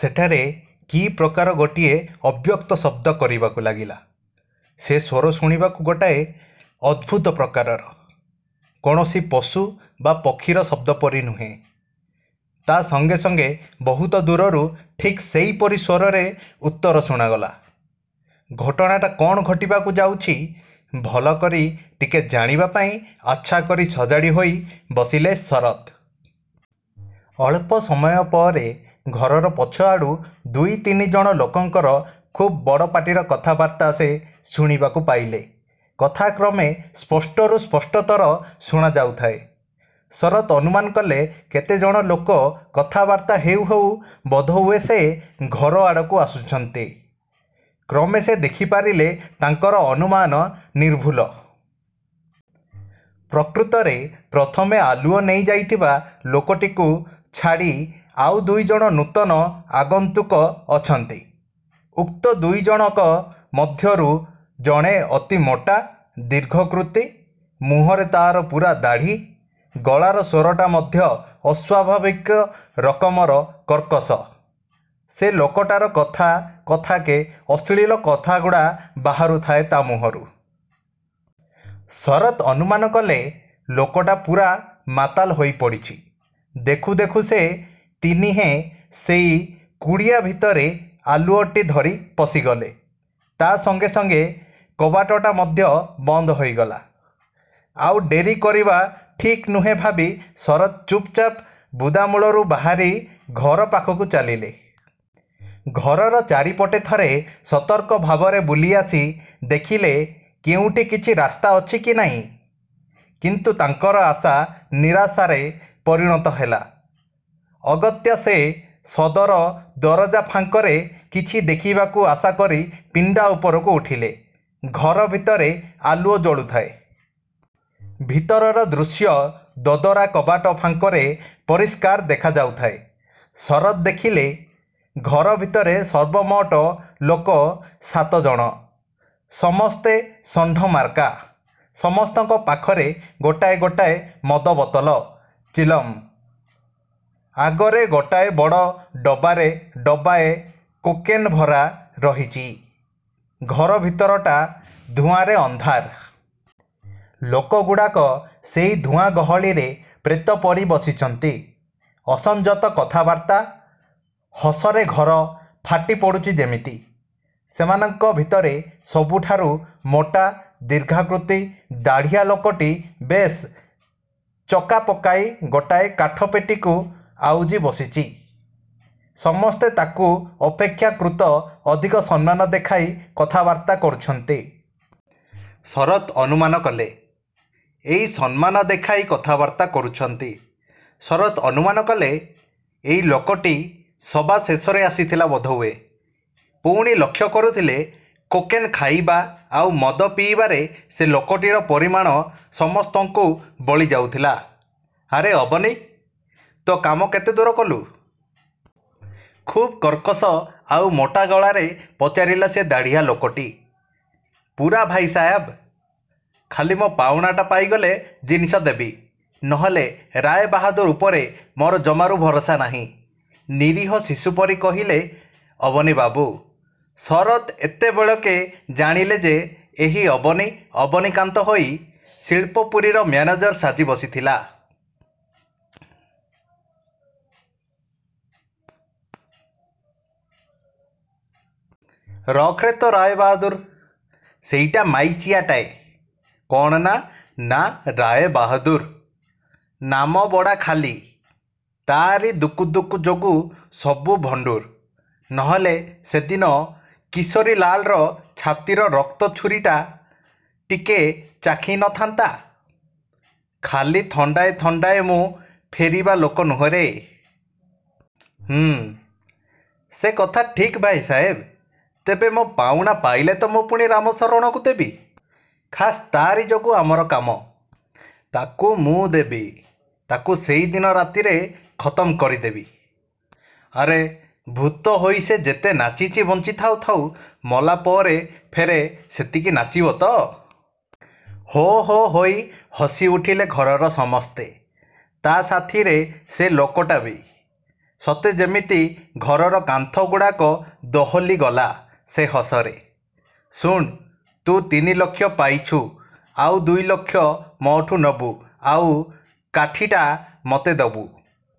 ସେଠାରେ କି ପ୍ରକାର ଗୋଟିଏ ଅବ୍ୟକ୍ତ ଶବ୍ଦ କରିବାକୁ ଲାଗିଲା। ସେ ସ୍ୱର ଶୁଣିବାକୁ ଗୋଟାଏ ଅଦ୍ଭୁତ ପ୍ରକାରର; କୌଣସି ପଶୁ ବା ପକ୍ଷୀର ଶବ୍ଦପରି ନୁହେଁ। ତା' ସଙ୍ଗେ ସଙ୍ଗେ ବହୁତ ଦୂରରୁ ଠିକ୍ ସେଇପରି ସ୍ୱରରେ ଉତ୍ତର ଶୁଣାଗଲା। ଘଟଣାଟା କ'ଣ ଘଟିବାକୁ ଯାଉଛି, ଭଲକରି ଟିକେ ଜାଣିବାପାଇଁ ଆଚ୍ଛାକରି ସଜାଡ଼ି ହୋଇ ବସିଲେ ଶରତ୍। ଅଳ୍ପ ସମୟ ପରେ ଘରର ପଛଆଡ଼ୁ ଦୁଇତିନି ଜଣ ଲୋକଙ୍କର ଖୁବ୍ ବଡ଼ପାଟିର କଥାବାର୍ତ୍ତା ସେ ଶୁଣିବାକୁ ପାଇଲେ। କଥା କ୍ରମେ ସ୍ପଷ୍ଟରୁ ସ୍ପଷ୍ଟତର ଶୁଣାଯାଉଥାଏ। ଶରତ୍ ଅନୁମାନ କଲେ, କେତେଜଣ ଲୋକ କଥାବାର୍ତ୍ତା ହେଉ ହେଉ ବୋଧହୁଏ ସେ। ଘର ଆଡ଼କୁ ଆସୁଛନ୍ତି। କ୍ରମେ ସେ ଦେଖିପାରିଲେ-ତାଙ୍କର ଅନୁମାନ ନିର୍ଭୁଲ। ପ୍ରକୃତରେ ପ୍ରଥମେ ଆଲୁଅ ନେଇଯାଇଥିବା ଲୋକଟିକୁ ଛାଡ଼ି ଆଉ ଦୁଇଜଣ ନୂତନ ଆଗନ୍ତୁକ ଅଛନ୍ତି। ଉକ୍ତ ଦୁଇଜଣକ ମଧ୍ୟରୁ ଜଣେ ଅତି ମୋଟା, ଦୀର୍ଘକୃତି। ମୁହଁରେ ତା'ର ପୂରା ଦାଢ଼ି। ଗଳାର ସ୍ୱରଟା ମଧ୍ୟ ଅସ୍ୱାଭାବିକ ରକମର କର୍କଶ। ସେ ଲୋକଟାର କଥା କଥାକେ ଅଶ୍ଳୀଳ କଥାଗୁଡ଼ା ବାହାରୁ ଥାଏ ତା' ମୁହଁରୁ। ଶରତ୍ ଅନୁମାନ କଲେ-ଲୋକଟା ପୂରା ମାତାଲ ହୋଇ ପଡ଼ିଛି। ଦେଖୁ ଦେଖୁ ସେ ତିନିହେଁ ସେଇ କୁଡ଼ିଆ ଭିତରେ ଆଲୁଅଟି ଧରି ପଶିଗଲେ। ତା ସଙ୍ଗେ ସଙ୍ଗେ କବାଟଟା ମଧ୍ୟ ବନ୍ଦ ହୋଇଗଲା। ଆଉ ଡେରି କରିବା ଠିକ୍ ନୁହେଁ ଭାବି ଶରତ୍ ଚୁପ୍ ଚାପ୍ ବୁଦାମୂଳରୁ ବାହାରି ଘର ପାଖକୁ ଚାଲିଲେ। ଘରର ଚାରିପଟେ ଥରେ ସତର୍କ ଭାବରେ ବୁଲିଆସି ଦେଖିଲେ କେଉଁଠି କିଛି ରାସ୍ତା ଅଛି କି ନାହିଁ। କିନ୍ତୁ ତାଙ୍କର ଆଶା ନିରାଶାରେ ପରିଣତ ହେଲା। ଅଗତ୍ୟା ସେ ସଦର ଦରଜା ଫାଙ୍କରେ କିଛି ଦେଖିବାକୁ ଆଶାକରି ପିଣ୍ଡା ଉପରକୁ ଉଠିଲେ। ଘର ଭିତରେ ଆଲୁଅ ଜଳୁଥାଏ। ଭିତରର ଦୃଶ୍ୟ ଦଦରା କବାଟ ଫାଙ୍କରେ ପରିଷ୍କାର ଦେଖାଯାଉଥାଏ। ଶରତ୍ ଦେଖିଲେ-ଘର ଭିତରେ ସର୍ବମୋଟ ଲୋକ ସାତଜଣ। ସମସ୍ତେ ଷଣ୍ଢ ମାର୍କା। ସମସ୍ତଙ୍କ ପାଖରେ ଗୋଟାଏ ଗୋଟାଏ ମଦ ବୋତଲ, ଚିଲମ୍। ଆଗରେ ଗୋଟାଏ ବଡ଼ ଡବାରେ ଡବାଏ କୋକେନ୍ ଭରା ରହିଛି, ଘର ଭିତରଟା ଧୂଆଁରେ ଅନ୍ଧାର। ଲୋକଗୁଡ଼ାକ ସେଇ ଧୂଆଁ ଗହଳିରେ ପ୍ରେତ ପରି ବସିଛନ୍ତି। ଅସଂଯତ କଥାବାର୍ତ୍ତା, ହସରେ ଘର ଫାଟି ପଡ଼ୁଛି ଯେମିତି-। ସେମାନଙ୍କ ଭିତରେ ସବୁଠାରୁ ମୋଟା, ଦୀର୍ଘାକୃତି, ଦାଢ଼ିଆ ଲୋକଟି ବେଶ୍ ଚକାପକାଇ ଗୋଟାଏ କାଠ ପେଟିକୁ ଆଉଜି ବସିଛି। ସମସ୍ତେ ତାକୁ ଅପେକ୍ଷାକୃତ ଅଧିକ ସମ୍ମାନ ଦେଖାଇ କଥାବାର୍ତ୍ତା କରୁଛନ୍ତି। ଶରତ୍ ଅନୁମାନ କଲେ, ଏଇ ସମ୍ମାନ ଦେଖାଇ କଥାବାର୍ତ୍ତା କରୁଛନ୍ତି। ଶରତ୍ ଅନୁମାନ କଲେ, ଏଇ ଲୋକଟି ସବା ଶେଷରେ ଆସିଥିଲା ବୋଧହୁଏ; ପୁଣି ଲକ୍ଷ୍ୟ କରୁଥିଲେ-କୋକେନ୍ ଖାଇବା ଆଉ ମଦ ପିଇବାରେ ସେ ଲୋକଟିର ପରିମାଣ ସମସ୍ତଙ୍କୁ ବଳି ଯାଉଥିଲା। ''ଆରେ ଅବନୀ! ତୋ କାମ କେତେ ଦୂର କଲୁ? '' ଖୁବ୍ କର୍କଶ ଆଉ ମୋଟା ଗଳାରେ ପଚାରିଲା ସେ ଦାଢ଼ିଆ ଲୋକଟି। ''ପୂରା ଭାଇ ସାହେବ! ଖାଲି ମୋ ପାଉଣାଟା ପାଇଗଲେ ଜିନିଷ ଦେବି। ନହେଲେ ରାୟବାହାଦୁର ଉପରେ ମୋର ଜମାରୁ ଭରସା ନାହିଁ। '' ନିରୀହ ଶିଶୁପରି କହିଲେ ଅବନୀବାବୁ। ଶରତ୍ ଏତେ ବେଳକେ ଜାଣିଲେ ଯେ-ଏହି ଅବନୀ ଅବନୀକାନ୍ତ ହୋଇ ଶିଳ୍ପପୁରୀର ମ୍ୟାନେଜର ସାଜି ବସିଥିଲା। ''ରଖ୍ରେ ତୋ ରାୟବାହାଦୁର। ସେଇଟା ମାଈଚିଆଟାଏ। କ'ଣ ନା, ନାଁ ରାୟବାହାଦୁର; ନାମ ବଡ଼ା ଖାଲି; ତା'ରି ଦୁକୁ ଦୁକୁ ଯୋଗୁ ସବୁ ଭଣ୍ଡୁର। ନହେଲେ ସେଦିନ କିଶୋରୀଲାଲର ଛାତିର ରକ୍ତ ଛୁରୀଟା ଟିକେ ଚାଖି ନଥାନ୍ତା? ଖାଲି ଥଣ୍ଡାଏ ଥଣ୍ଡାଏ ମୁଁ ଫେରିବା ଲୋକ ନୁହେଁରେ। ହୁଁ '' ''ସେ କଥା ଠିକ୍ ଭାଇ ସାହେବ! ତେବେ ମୋ ପାଉଣା ପାଇଲେତ ମୁଁ ପୁଣି ରାମ ଶରଣକୁ ଦେବି। ଖାସ୍ ତା'ରି ଯୋଗୁ ଆମର କାମ। '' ''ତାକୁ ମୁଁ ଦେବି; ତାକୁ ସେଇଦିନ ରାତିରେ ଖତମ୍କରି ଦେବି। ଆରେ, ଭୁତ ହୋଇ ସେ ଯେତେ ନାଚିଛି ବଞ୍ଚି ଥାଉ ଥାଉ, ମଲା ପରେ ଫେରେ ସେତିକି ନାଚିବ ତ! '' ହୋ ହୋ' ହୋଇ ହସି ଉଠିଲେ ଘରର ସମସ୍ତେ; ତା' ସାଥିରେ ସେ ଲୋକଟା ବି। ସତେ ଯେମିତି ଘରର କାନ୍ଥ ଗୁଡ଼ାକ ଦୋହଲିଗଲା ସେ ହସରେ। ''ଶୁଣ୍! ତୁ ତିନିଲକ୍ଷ ପାଇଛୁ। ଆଉ ଦୁଇଲକ୍ଷ ମୋଠୁ ନେବୁ ଆଉ କାଠିଟା ମତେ ଦବୁ-।